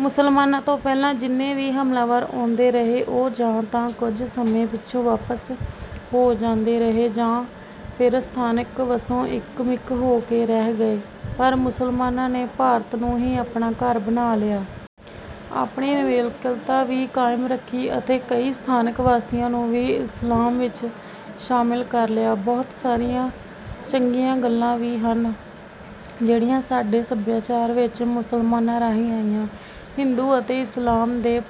ਮੁਸਲਮਾਨਾਂ ਤੋਂ ਪਹਿਲਾਂ ਜਿੰਨੇ ਵੀ ਹਮਲਾਵਰ ਆਉਂਦੇ ਰਹੇ, ਉਹ ਜਾਂ ਤਾਂ ਕੁਝ ਸਮੇਂ ਪਿੱਛੋਂ ਵਾਪਸ ਹੋ ਜਾਂਦੇ ਰਹੇ ਜਾਂ ਫਿਰ ਸਥਾਨਕ ਵਸੋਂ ਨਾਲ ਇੱਕਮਿਕ ਹੋ ਕੇ ਰਹਿ ਗਏ, ਪਰ ਮੁਸਲਮਾਨਾਂ ਨੇ ਭਾਰਤ ਨੂੰ ਆਪਣਾ ਹੀ ਘਰ ਬਣਾ ਲਿਆ। ਆਪਣੀ ਨਿਵੇਕਲਤਾ ਵੀ ਕਾਇਮ ਰੱਖੀ ਅਤੇ ਕਈ ਸਥਾਨਕ ਵਾਸੀਆਂ ਨੂੰ ਵੀ ਇਸਲਾਮ ਵਿੱਚ ਸ਼ਾਮਲ ਕਰ ਲਿਆ। ਬਹੁਤ ਸਾਰੀਆਂ ਚੰਗੀਆਂ ਗੱਲਾਂ ਵੀ ਹਨ, ਜਿਹੜੀਆਂ ਸਾਡੇ ਸਭਿਆਚਾਰ ਵਿੱਚ ਮੁਸਲਮਾਨਾਂ ਰਾਹੀਂ ਆਈਆਂ। ਹਿੰਦੂ ਅਤੇ ਇਸਲਾਮ ਦੇ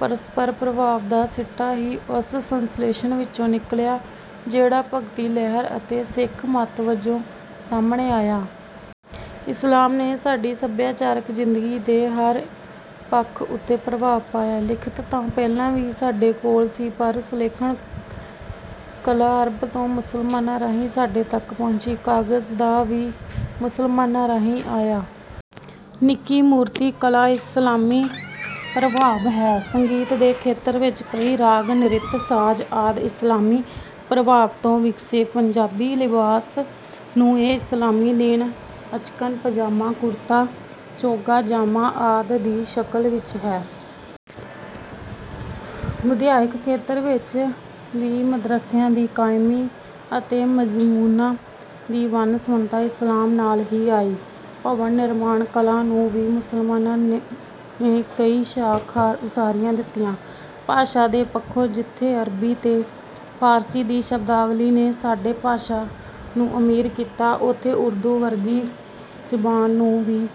ਪਰਸਪਰ ਪ੍ਰਭਾਵ ਦਾ ਸਿੱਟਾ ਹੀ ਉਸ ਸੰਸਲੇਸ਼ਣ ਵਿੱਚੋਂ ਨਿਕਲਿਆ, ਜਿਹੜਾ ਭਗਤੀ ਲਹਿਰ ਅਤੇ ਸਿੱਖ ਮੱਤ ਵਜੋਂ ਸਾਹਮਣੇ ਆਇਆ। ਇਸਲਾਮ ਨੇ ਸਾਡੀ ਸਭਿਆਚਾਰਕ ਜ਼ਿੰਦਗੀ ਦੇ ਹਰ ਪੱਖ ਉੱਤੇ ਪ੍ਰਭਾਵ ਪਾਇਆ। ਲਿਖਤ ਤਾਂ ਪਹਿਲਾਂ ਵੀ ਸਾਡੇ ਕੋਲ ਸੀ, ਪਰ ਸੁਲੇਖਣ ਕਲਾ ਅਰਬ ਤੋਂ ਮੁਸਲਮਾਨਾਂ ਰਾਹੀਂ ਸਾਡੇ ਤੱਕ ਪਹੁੰਚੀ। ਕਾਗ਼ਜ਼ ਵੀ ਮੁਸਲਮਾਨਾਂ ਰਾਹੀਂ ਆਇਆ। ਨਿੱਕੀ-ਮੂਰਤੀ ਕਲਾ ਇਸਲਾਮੀ ਪ੍ਰਭਾਵ ਹੈ। ਸੰਗੀਤ ਦੇ ਖੇਤਰ ਵਿੱਚ ਕਈ ਰਾਗ, ਨ੍ਰਿਤ, ਸਾਜ਼ ਆਦਿ ਇਸਲਾਮੀ ਪ੍ਰਭਾਵ ਤੋਂ ਵਿਗਸੇ। ਪੰਜਾਬੀ ਲਿਬਾਸ ਨੂੰ ਇਸਲਾਮੀ ਦੇਣ ਅਚਕਨ, ਪਜਾਮਾ, ਕੁਰਤਾ, ਚੋਗ਼ਾ, ਜਾਮਾ ਆਦਿ ਦੀ ਸ਼ਕਲ ਵਿੱਚ ਹੈ। ਵਿਦਿਅਕ ਖੇਤਰ ਵਿੱਚ ਵੀ ਮਦਰੱਸਿਆਂ ਦੀ ਕਾਇਮੀ ਅਤੇ ਮਜ਼ਮੂਨਾਂ ਦੀ ਵੰਨ-ਸੁਵੰਨਤਾ ਇਸਲਾਮ ਨਾਲ ਹੀ ਆਈ। ਭਵਨ-ਨਿਰਮਾਣ ਕਲਾ ਨੂੰ ਵੀ ਮੁਸਲਮਾਨਾਂ ਨੇ ਕਈ ਸ਼ਾਹਕਾਰ ਉਸਾਰੀਆਂ ਦਿੱਤੀਆਂ। ਭਾਸ਼ਾ ਦੇ ਪੱਖੋਂ ਜਿੱਥੇ ਅਰਬੀ ਤੇ ਫ਼ਾਰਸੀ ਦੀ ਸ਼ਬਦਾਵਲੀ ਨੇ ਸਾਡੀ ਭਾਸ਼ਾ ਨੂੰ ਅਮੀਰ ਕੀਤਾ, ਉੱਥੇ ਉਰਦੂ ਵਰਗੀ ਜ਼ਬਾਨ ਨੂੰ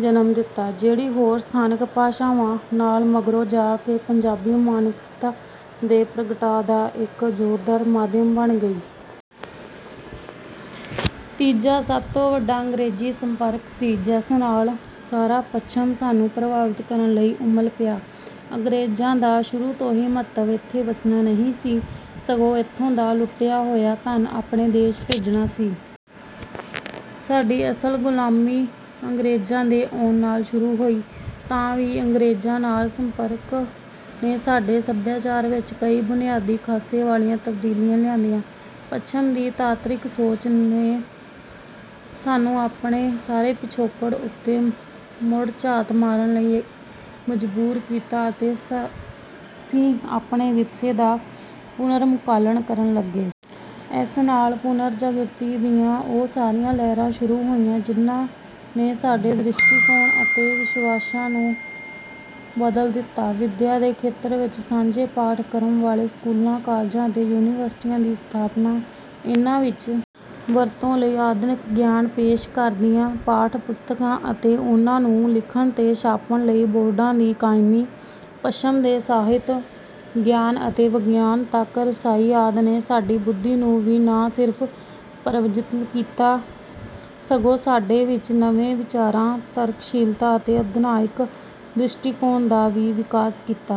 ਜਨਮ ਵੀ ਦਿੱਤਾ, ਜਿਹੜੀ ਹੋਰ ਸਥਾਨਕ ਭਾਸ਼ਾਵਾਂ ਨਾਲ ਮਗਰੋਂ ਜਾ ਕੇ ਪੰਜਾਬੀ ਮਾਨਸਿਕਤਾ ਦੇ ਪ੍ਰਗਟਾਅ ਦਾ ਇੱਕ ਜ਼ੋਰਦਾਰ ਮਾਧਿਅਮ ਬਣ ਗਈ। ਤੀਜਾ ਸਭ ਤੋਂ ਵੱਡਾ ਅੰਗਰੇਜ਼ੀ ਸੰਪਰਕ ਸੀ, ਜਿਸ ਨਾਲ ਸਾਰਾ ਪੱਛਮ ਸਾਨੂੰ ਪ੍ਰਭਾਵਿਤ ਕਰਨ ਲਈ ਉਮਲ ਪਿਆ। ਅੰਗਰੇਜ਼ਾਂ ਦਾ ਸ਼ੁਰੂ ਤੋਂ ਹੀ ਮੰਤਵ ਇੱਥੇ ਵੱਸਣਾ ਨਹੀਂ ਸੀ, ਸਗੋਂ ਇੱਥੋਂ ਦਾ ਲੁੱਟਿਆ ਹੋਇਆ ਧਨ ਆਪਣੇ ਦੇਸ਼ ਭੇਜਣਾ ਸੀ। ਸਾਡੀ ਅਸਲ ਗੁਲਾਮੀ ਅੰਗਰੇਜ਼ਾਂ ਦੇ ਆਉਣ ਨਾਲ ਸ਼ੁਰੂ ਹੋਈ, ਤਾਂ ਵੀ ਅੰਗਰੇਜ਼ਾਂ ਨਾਲ ਸੰਪਰਕ ਨੇ ਸਾਡੇ ਸਭਿਆਚਾਰ ਵਿੱਚ ਕਈ ਬੁਨਿਆਦੀ ਖ਼ਾਸੇ ਵਾਲੀਆਂ ਤਬਦੀਲੀਆਂ ਲਿਆਂਦੀਆਂ। ਪੱਛਮ ਦੀ ਤਾਰਕਿਕ ਸੋਚ ਨੇ ਸਾਨੂੰ ਆਪਣੇ ਸਾਰੇ ਪਿਛੋਕੜ ਉੱਤੇ ਮੁੜ ਝਾਤ ਮਾਰਨ ਲਈ ਮਜਬੂਰ ਕੀਤਾ ਅਤੇ ਅਸੀਂ ਆਪਣੇ ਵਿਰਸੇ ਦਾ ਪੁਨਰ-ਮੁਲਾਂਕਣ ਕਰਨ ਲੱਗੇ। ਇਸ ਨਾਲ ਪੁਨਰ-ਜਾਗ੍ਰਿਤੀ ਦੀਆਂ ਉਹ ਸਾਰੀਆਂ ਲਹਿਰਾਂ ਸ਼ੁਰੂ ਹੋਈਆਂ, ਜਿਨ੍ਹਾਂ ਨੇ ਸਾਡੇ ਦ੍ਰਿਸ਼ਟੀਕੋਣ ਅਤੇ ਵਿਸ਼ਵਾਸਾਂ ਨੂੰ ਬਦਲ ਦਿੱਤਾ। ਵਿਦਿਆ ਦੇ ਖੇਤਰ ਵਿੱਚ ਸਾਂਝੇ ਪਾਠ-ਕ੍ਰਮ ਵਾਲੇ ਸਕੂਲਾਂ, ਕਾਲਜਾਂ ਅਤੇ ਯੂਨੀਵਰਸਿਟੀਆਂ ਦੀ ਸਥਾਪਨਾ, ਇਹਨਾਂ ਵਿੱਚ ਵਰਤੋਂ ਲਈ ਆਧੁਨਿਕ ਗਿਆਨ ਨੂੰ ਪੇਸ਼ ਕਰਦੀਆਂ ਪਾਠ-ਪੁਸਤਕਾਂ ਅਤੇ ਉਹਨਾਂ ਨੂੰ ਲਿਖਣ ਤੇ ਛਾਪਣ ਲਈ ਬੋਰਡਾਂ ਦੀ ਕਾਇਮੀ, ਪੱਛਮ ਦੇ ਸਾਹਿਤ, ਗਿਆਨ ਅਤੇ ਵਿਗਿਆਨ ਤੱਕ ਰਸਾਈ ਆਦਿ ਨੇ ਸਾਡੀ ਬੁੱਧੀ ਨੂੰ ਨਾ ਸਿਰਫ਼ ਪ੍ਰਜਵਲਿਤ ਹੀ ਕੀਤਾ, ਸਗੋਂ ਸਾਡੇ ਵਿਚ ਨਵੇਂ ਵਿਚਾਰਾਂ, ਤਰਕਸ਼ੀਲਤਾ ਅਤੇ ਆਧੁਨਿਕ ਦ੍ਰਿਸ਼ਟੀਕੋਣ ਦਾ ਵੀ ਵਿਕਾਸ ਕੀਤਾ।